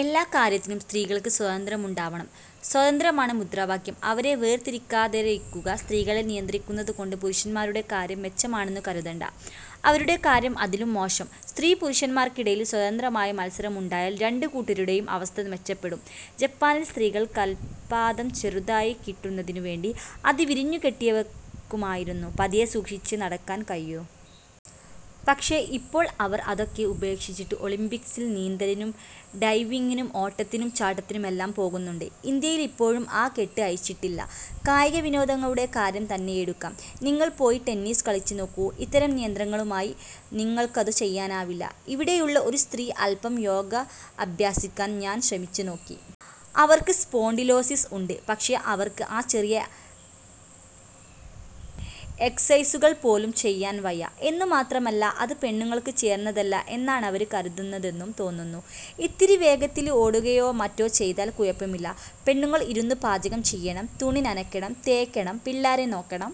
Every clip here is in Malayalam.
എല്ലാക്കാര്യത്തിനും സ്ത്രീകള്ക്ക് സ്വാതന്ത്ര്യമുണ്ടാവണം. 'സ്വാതന്ത്ര്യ'മാണ് മുദ്രാവാക്യം. അവരെ വേര്തിരിക്കാതെയിരിക്കുക. സ്ത്രീകളെ നിയന്ത്രിക്കുന്നതുകൊണ്ട് പുരുഷന്മാരുടെ കാര്യം മെച്ചമാണെന്നു കരുതേണ്ട. അവരുടെ കാര്യം അതിലും മോശം. സ്ത്രീ-പുരുഷന്മാര്ക്കിടയില് സ്വതന്ത്രമായ മത്സരമുണ്ടായാല് രണ്ടു കൂട്ടരുടേയും അവസ്ഥ മെച്ചപ്പെടും. ജപ്പാനില് സ്ത്രീകള് കാല്പ്പാദം ചെറുതായി കിട്ടുന്നതിനുവേണ്ടി അത് വിരിഞ്ഞുകെട്ടിവയ്ക്കുമായിരുന്നു. പതിയെ സൂക്ഷിച്ചേ നടക്കാന് കഴിയൂ. പക്ഷേ, ഇപ്പോള് അവര് അതൊക്കെ ഉപേക്ഷിച്ചിട്ട് ഒളിമ്പിക്സില് നീന്തലിനും ഡൈവിംഗിനും ഓട്ടത്തിനും ചാട്ടത്തിനുമെല്ലാം പോകുന്നുണ്ട്. ഇന്ത്യയിലിപ്പോഴും ആ കെട്ട് അഴിച്ചിട്ടില്ല. കായികവിനോദങ്ങളുടെ കാര്യം തന്നെയെടുക്കാം. നിങ്ങള് പോയി ടെന്നീസ് കളിച്ചുനോക്കൂ. ഇത്തരം നിയന്ത്രണങ്ങളുമായി നിങ്ങള്ക്കതു ചെയ്യാനാവില്ല. ഇവിടെയുള്ള ഒരു സ്ത്രീയെ അല്പം യോഗ അഭ്യസിപ്പിക്കാന് ഞാന് ശ്രമിച്ചുനോക്കി. അവര്ക്ക് സ്പോണ്ടിലോസിസ് ഉണ്ട്. പക്ഷേ, അവര്ക്ക് ആ ചെറിയ എക്സര്സൈസുകള് പോലും ചെയ്യാന് വയ്യ. എന്നു മാത്രമല്ല, അത് പെണ്ണുങ്ങള്ക്ക് ചേര്ന്നതല്ല എന്നാണവര് കരുതുന്നതെന്നും തോന്നുന്നു. ഇത്തിരി വേഗത്തില് ഓടുകയോ മറ്റോ ചെയ്താല് കുഴപ്പമില്ല. പെണ്ണുങ്ങള് ഇരുന്ന് പാചകം ചെയ്യണം. തുണി നനയ്ക്കണം, തേയ്ക്കണം, പിള്ളേരെ നോക്കണം.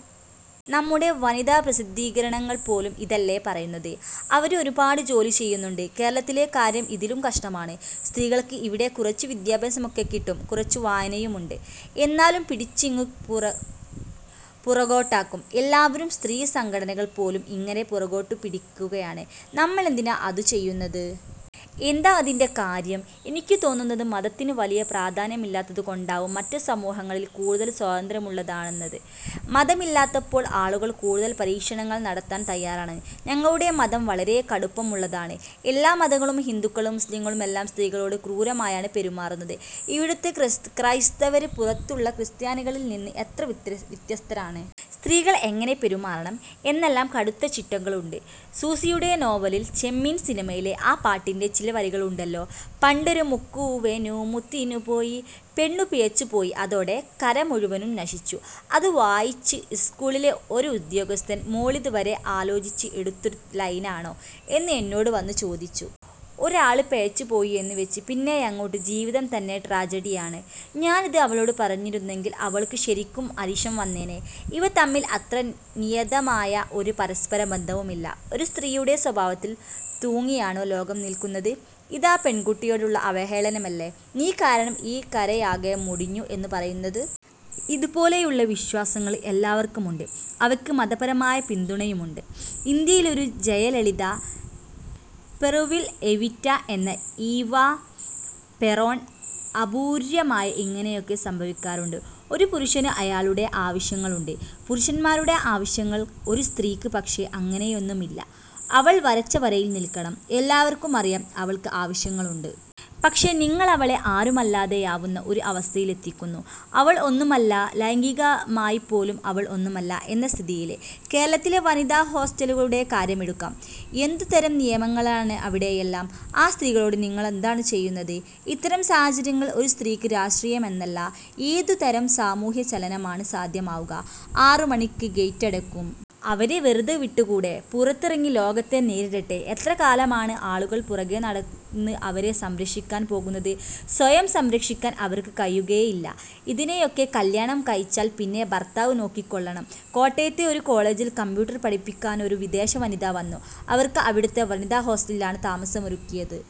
നമ്മുടെ വനിതാപ്രസിദ്ധീകരണങ്ങള് പോലും ഇതല്ലേ പറയുന്നത്. അവര് ഒരുപാട് ജോലി ചെയ്യുന്നുണ്ട്. കേരളത്തിലെ കാര്യം ഇതിലും കഷ്ടമാണ്. സ്ത്രീകള്ക്ക് ഇവിടെ കുറച്ചു വിദ്യാഭ്യാസമൊക്കെ കിട്ടും. കുറച്ചു വായനയുണ്ട്. എന്നാലും പിടിച്ചിങ്ങു പുറകോ പുറകോട്ടാക്കും. എല്ലാവരും സ്ത്രീ സംഘടനകള് പോലും ഇങ്ങനെ പുറകോട്ടു പിടിക്കുകയാണ്. നമ്മളെന്തിനാ അതു ചെയ്യുന്നത്? എന്താ അതിന്റെ കാര്യം? എനിക്കു തോന്നുന്നത് മതത്തിന് വലിയ പ്രാധാന്യമില്ലാത്തതുകൊണ്ടാവും മറ്റു സമൂഹങ്ങളില് കൂടുതല് സ്വാതന്ത്ര്യമുള്ളതെന്നാണ്. മതമില്ലാത്തപ്പോള് ആളുകള് കൂടുതല് പരീക്ഷണങ്ങള് നടത്താന് തയ്യാറാണ്. ഞങ്ങളുടെ മതം വളരെ കടുപ്പമുള്ളതാണ്. എല്ലാ മതങ്ങളും, ഹിന്ദുക്കളും-മുസ്ലിങ്ങളുമെല്ലാം സ്ത്രീകളോട് ക്രൂരമായാണ് പെരുമാറുന്നത്. ഇവിടുത്തെ ക്രൈസ് ക്രൈസ്തവര് പുറത്തുള്ള ക്രിസ്ത്യാനികളില്നിന്ന് എത്ര വ്യത്യ വ്യത്യസ്തരാണ്? സ്ത്രീകള് എങ്ങനെ പെരുമാറണം എന്നെല്ലാം കടുത്ത ചിട്ടകളുണ്ട്. സൂസിയുടെ നോവലില് 'ചെമ്മീന്' സിനിമയിലെ ആ പാട്ടിന്റെ ചില വരികളുണ്ടല്ലോ. 'പണ്ടൊരു മുക്കുവന് മുത്തിനു പോയി... ' പെണ്ണു പിഴച്ചുപോയി. അതോടെ കര മുഴുവനും നശിച്ചു. അതു വായിച്ച് സ്കൂളിലെ ഒരു ഉദ്യോഗസ്ഥന് ''മോളിത് വരെ ആലോചിച്ച് എടുത്തൊരു ലൈനാണോ'' എന്ന് എന്നോടു വന്നു ചോദിച്ചു. ഒരു ആള് പെഴച്ചുപോയി എന്നുവെച്ച് പിന്നെയങ്ങോട്ട് ജീവിതം തന്നെ ട്രാജഡിയാണ്. ഞാനിത് അവളോടു പറഞ്ഞിരുന്നെങ്കില് അവള്ക്ക് ശരിക്കും അരിശം വന്നേനെ. ഇവ തമ്മില് അത്ര നിയതമായ ഒരു പരസ്പര ബന്ധവുമില്ല. ഒരു സ്ത്രീയുടെ സ്വഭാവത്തില് തൂങ്ങിയാണോ ലോകം നില്ക്കുന്നത്? ഇതാ പെണ്കുട്ടിയോടുള്ള അവഹേളനമല്ലേ? നീ കാരണം ഈ കരയാകെ മുടിഞ്ഞു എന്നു പറയുന്നത്. ഇതുപോലെയുള്ള വിശ്വാസങ്ങള് എല്ലാവര്ക്കുമുണ്ട്. അവയ്ക്ക് മതപരമായ പിന്തുണയുണ്ട്. ഇന്ത്യയിലൊരു ജയലളിത, പെറുവില് 'എവിറ്റ' എന്ന ഈവാ പെറോണ് അപൂര്വമായി ഇങ്ങനെയൊക്കെ സംഭവിക്കാറുണ്ട്. ഒരു പുരുഷന് അയാളുടെ ആവശ്യങ്ങളുണ്ട്. പുരുഷന്മാരുടെ ആവശ്യങ്ങള്. ഒരു സ്ത്രീക്ക് പക്ഷേ, അങ്ങനെയൊന്നുമില്ല. അവള് വരച്ച വരയില് നില്ക്കണം. എല്ലാവര്ക്കുമറിയാം അവള്ക്ക് ആവശ്യങ്ങളുണ്ട്. പക്ഷേ, നിങ്ങളവളെ ആരുമല്ലാതെയാവുന്ന ഒരു അവസ്ഥയിലെത്തിക്കുന്നു. അവള് ഒന്നുമല്ല ലൈംഗികമായിപ്പോലും അവള് ഒന്നുമല്ല എന്ന സ്ഥിതിയില്. കേരളത്തിലെ വനിതാ ഹോസ്റ്റലുകളുടെ കാര്യമെടുക്കാം. എന്തുതരം നിയമങ്ങളാണവിടെയെല്ലാം. ആ സ്ത്രീകളോട് നിങ്ങളെന്താണു ചെയ്യുന്നത്? '. ഇത്തരം സാഹചര്യങ്ങളില് ഒരു സ്ത്രീക്ക് രാഷ്ട്രീയമെന്നല്ല, ഏതുതരം സാമൂഹ്യചലനമാണ് സാധ്യമാവുക. ആറുമണിക്ക് ഗേറ്റടയ്ക്കും! അവരെ വെറുതെ വിട്ടുകൂടേ? പുറത്തിറങ്ങി ലോകത്തെ നേരിടട്ടെ. എത്ര കാലമാണ് ആളുകള് പുറകേ നടന്ന് അവരെ സംരക്ഷിക്കാന് പോകുന്നത്! സ്വയം സംരക്ഷിക്കാന് അവര്ക്ക് കഴിയുകയേയില്ല. ഇതിനെയൊക്കെ കല്ല്യാണം കഴിച്ചാല് പിന്നെ ഭര്ത്താവ് നോക്കിക്കൊള്ളണം.! കോട്ടയത്തെ ഒരു കോളേജില് കംപ്യൂട്ടര് പഠിപ്പിക്കാനൊരു വിദേശ വനിത വന്നു. അവര്ക്ക് അവിടുത്തെ വനിതാ ഹോസ്റ്റലിലാണ് താമസമൊരുക്കിയത്.